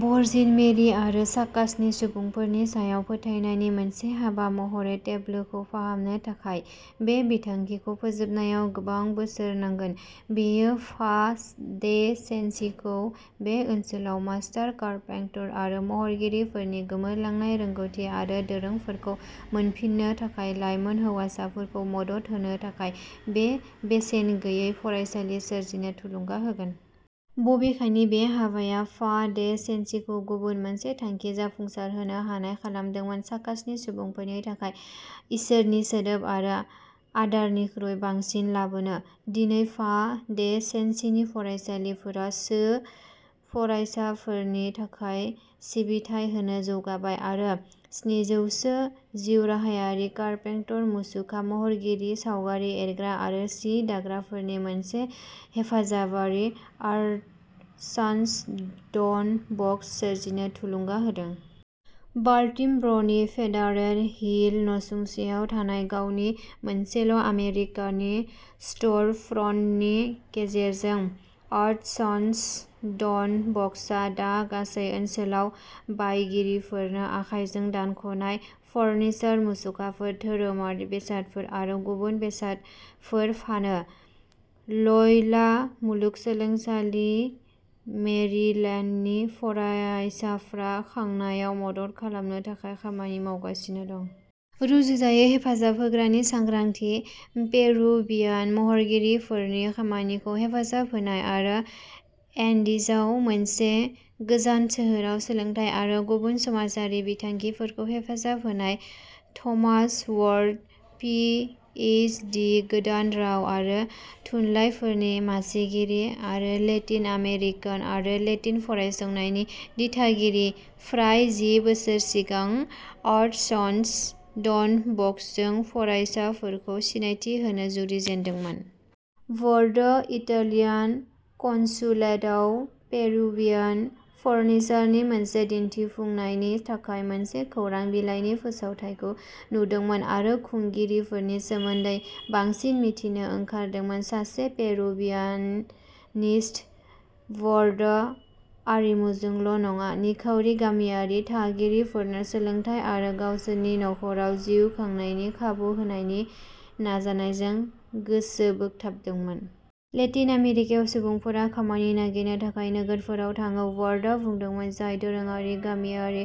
Virgin Mary आरो चाकासनि सुबुंफोरनि सायाव फोथायनायनि मोनसे हाबा महरै टेब्लोखौ फाहामनो थाखाय। बे बिथांखिखौ फोजोबनायाव गोबां बोसोर नांगोन। बेयो फा डे सेन्सिखौ बे ओनसोलाव मास्टार कारपेंटर आरो महरगिरिफोरनि गोमोरलांनाय रोंग'थि आरो दोरोंफोरखौ मोनफिन्नो थाखाय लाइमोन हौवासाफोरखौ मदद होनो थाखाय मोनसे बेसेन गैयै फरायसालि सोरजिनो थुलुंगा होगोन। बबेखानि, बे हाबाया फा डे सेन्सिखौ गुबुन मोनसे थांखि जाफुंसारहोनो हानाय खालामदोंमोन चाकासनि सुबुंफोरनि थाखाय इसोरनि सोदोब आरो आदारनिख्रुइ बांसिन लाबोनो। दिनै, फा डे सेन्सिनि फरायसालिफोरा सो फरायसाफोरनि थाखाय सिबिथाय होनो जौगाबाय आरो स्निजौसो जिउराहायारि कारपेंटर, मुसुखा महरगिरि, सावगारि एरग्रा आरो सि दाग्राफोरनि मोनसे हेफाजाबारि, आर्टेसान'स डन बस्क' सोरजिनो थुलुंगा होदों। बाल्टिम'रनि फेडारेल हिल नसुंसेआव थानाय गावनि मोनसेल' आमेरिकानि स्ट'रफ्रन्टनि गेजेरजों, आर्टेसान'स डन बस्क'आ दा गासै ओनसोलाव बायगिरिफोरनो आखाइजों दानख'नाय फार्निचार, मुसुखाफोर, धोरोमारि बेसादफोर आरो गुबुन बेसादफोर फानो। ल'य'ला मुलुगसोलोंसालि मेरिलेन्डनि फरायसाफ्रा खांनायाव मदद खालामनो थाखाय खामानि मावगासिनो दं। रुजुजायै हेफाजाब होग्रानि सांग्रांथि, पेरुवियान महरगिरिफोरनि खामानिखौ हेफाजाब होनाय आरो एन्डिजआव मोनसे गोजान सोहोराव सोलोंथाय आरो गुबुन समाजारि बिथांखिफोरखौ हेफाजाब होनाय। Thomas Ward, P H D, गोदान राव आरो थुनलाइफोरनि मासिगिरि आरो लेटिन आमेरिकान आरो लेटिन' फरायसंनायनि दिथागिरि, फ्राय जि बोसोर सिगां आर्टेसान'स डन बस्क'जों फरायसाफोरखौ सिनायथि होनो जुरिजेनदोंमोन। वार्डआ इटालियान कन्सुलेटआव पेरुवियान फार्निचारनि मोनसे दिन्थिफुंनायनि थाखाय मोनसे खौरां बिलाइनि फोसावथाइखौ नुदोंमोन आरो खुंगिरिफोरनि सोमोन्दै बांसिन मिथिनो ओंखारदोंमोन। सासे पेरुवियानिस्ट, वार्डआ आरिमुजोंल' नङा, निखावरि, गामियारि थागिरिफोरनो सोलोंथाय आरो गावसोरनि नख'राव जिउ खांनायनि खाबु होनायनि नाजानायजों गोसो बोगथाबदोंमोन। लेटिन आमेरिकायाव, सुबुंफोरा खामानि नागिरनो थाखाय नोगोरफोराव थाङो, वार्डआ बुंदोंमोन, जाय दोरोङारि, गामियारि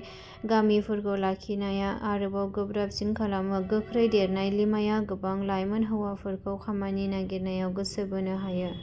गामिफोरखौ लाखिनाया आरोबाव गोब्राबसिन खालामो। गोख्रै देरनाय लिमाया गोबां लाइमोन हौवाफोरखौ खामानि नागिरनायाव गोसो बोनो हायो।